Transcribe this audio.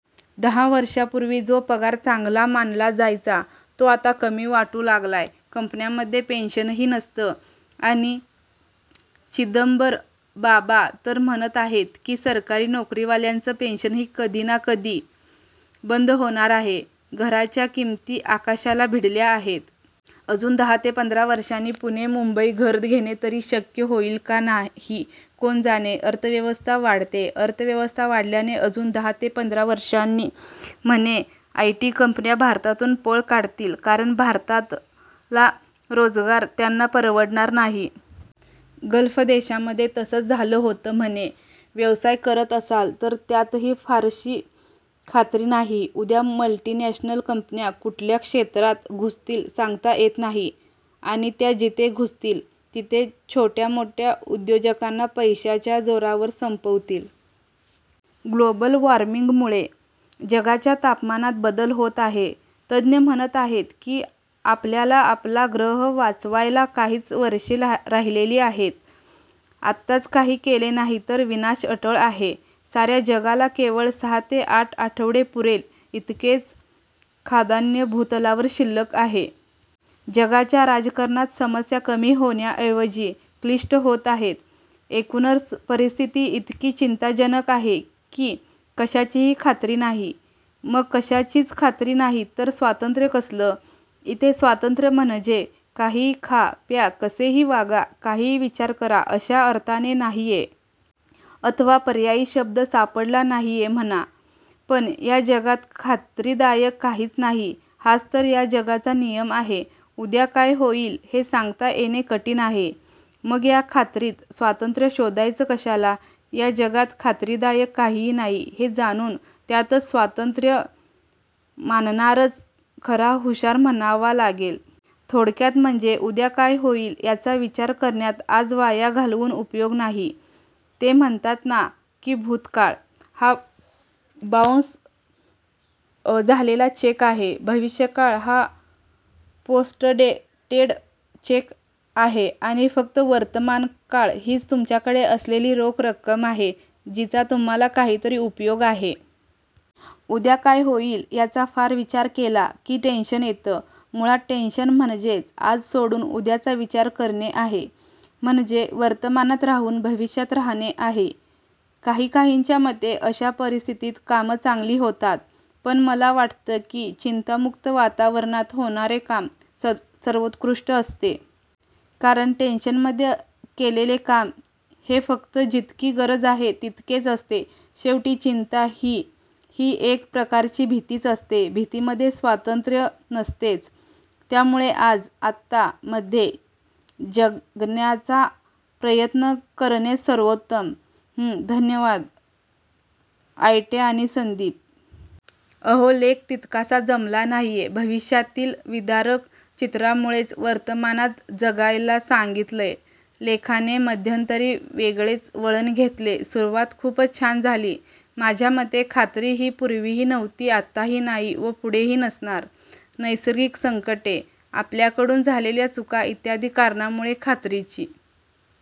दहा वर्षापूर्वी जो पगार चांगला मानला जायचा तो आता कमी वाटू लागलाय. कंपन्यांमध्ये पेन्शनही नसतं. आणि चिदंबरमबाबा तर म्हणत आहेत की सरकारी नोकरीवाल्यांचं पेन्शनही कधी ना कधी बंद होणार आहे. घराच्या किमती आकाशाला भिडल्या आहेत. अजून दहा ते पंधरा वर्षांनी पुणे मुंबईत घर घेणे तरी शक्य होईल का नाही कोण जाणे. अर्थव्यवस्था वाढतेय. अर्थव्यवस्था वाढल्याने अजून दहा ते पंधरा वर्षांनी म्हणे आयटी कंपन्या भारतातून पळ काढतील कारण भारतातला रोजगार त्यांना परवडणार नाही. गल्फ देशांमध्ये तसंच झालं होतं म्हणे. व्यवसाय करत असाल तर त्यातही फारशी खात्री नाही. उद्या मल्टीनॅशनल कंपन्या कुठल्या क्षेत्रात घुसतील सांगता येत नाही. आणि त्या जिथे घुसतील तिथे छोट्या मोठ्या उद्योजकांना पैशाच्या जोरावर संपवतील. ग्लोबल वॉर्मिंगमुळे जगाच्या तापमानात बदल होत आहे. तज्ञ म्हणत आहेत की आपल्याला आपला ग्रह वाचवायला काहीच वर्षे राहिलेली आहेत. आत्ताच काही केले नाही तर विनाश अटळ आहे. साऱ्या जगाला केवळ सहा ते आठ आठवडे पुरेल इतकेच खाद्यान्न भूतलावर शिल्लक आहे. जगाच्या राजकारणात समस्या कमी होण्याऐवजी क्लिष्ट होत आहेत. एकूणच परिस्थिती इतकी चिंताजनक आहे की कशाचीही खात्री नाही. मग कशाचीच खात्री नाही तर स्वातंत्र्य कसलं? इथे स्वातंत्र्य म्हणजे काहीही खा प्या, कसेही वागा, काहीही विचार करा अशा अर्थाने नाहीये. अथवा पर्यायी शब्द सापडला नाहीये म्हणा. पण या जगात खात्रीदायक काहीच नाही हाच तर या जगाचा नियम आहे. उद्या काय होईल हे सांगता येणे कठीण आहे. मग या खात्रीत स्वातंत्र्य शोधायचं कशाला? या जगात खात्रीदायक काहीही नाही, हे जाणून त्यातच स्वातंत्र्य मानणाराच खरा हुशार म्हणावा लागेल. थोडक्यात म्हणजे उद्या काय होईल याचा विचार करण्यात आज वाया घालवून उपयोग नाही. ते म्हणतात ना की 'भूतकाळ हा बाउंस झालेला चेक आहे, भविष्यकाळ हा पोस्टडेटेड चेक आहे आणि फक्त वर्तमानकाळ हीच तुमच्याकडे असलेली रोख रक्कम आहे जिचा तुम्हाला काहीतरी उपयोग आहे'. उद्या काय होईल याचा फार विचार केला की टेन्शन येतं. मुळात टेन्शन म्हणजेच आज सोडून उद्याचा विचार करणे आहे. म्हणजे वर्तमानात राहून भविष्यात राहणे आहे. काहीकाहींच्या मते अशा परिस्थितीत कामं चांगली होतात पण मला वाटतं की चिंतामुक्त वातावरणात होणारे काम सर्वोत्कृष्ट असते. कारण टेन्शनमध्ये केलेले काम हे फक्त जितकी गरज आहे तितकेच असते. शेवटी चिंता हीही एक प्रकारची भीतीच असते. भीतीमध्ये स्वातंत्र्य नसतेच. त्यामुळे आज, आत्ता मध्ये जगण्याचा प्रयत्न करणेच सर्वोत्तम. हम्म धन्यवाद आयटे आणि संदीप. अहो लेख तितकासा जमला नाहीये भविष्यातील विदारक चित्रामुळेच वर्तमानात जगायला सांगितलंय. लेखाने मध्यंतरी वेगळेच वळण घेतले. सुरुवात खूपच छान झाली. माझ्या मते खात्री ही पूर्वीही नव्हती आताही नाही व पुढेही नसणार. नैसर्गिक संकटे, आपल्याकडून झालेल्या चुका इ. कारणांमुळे खात्रीची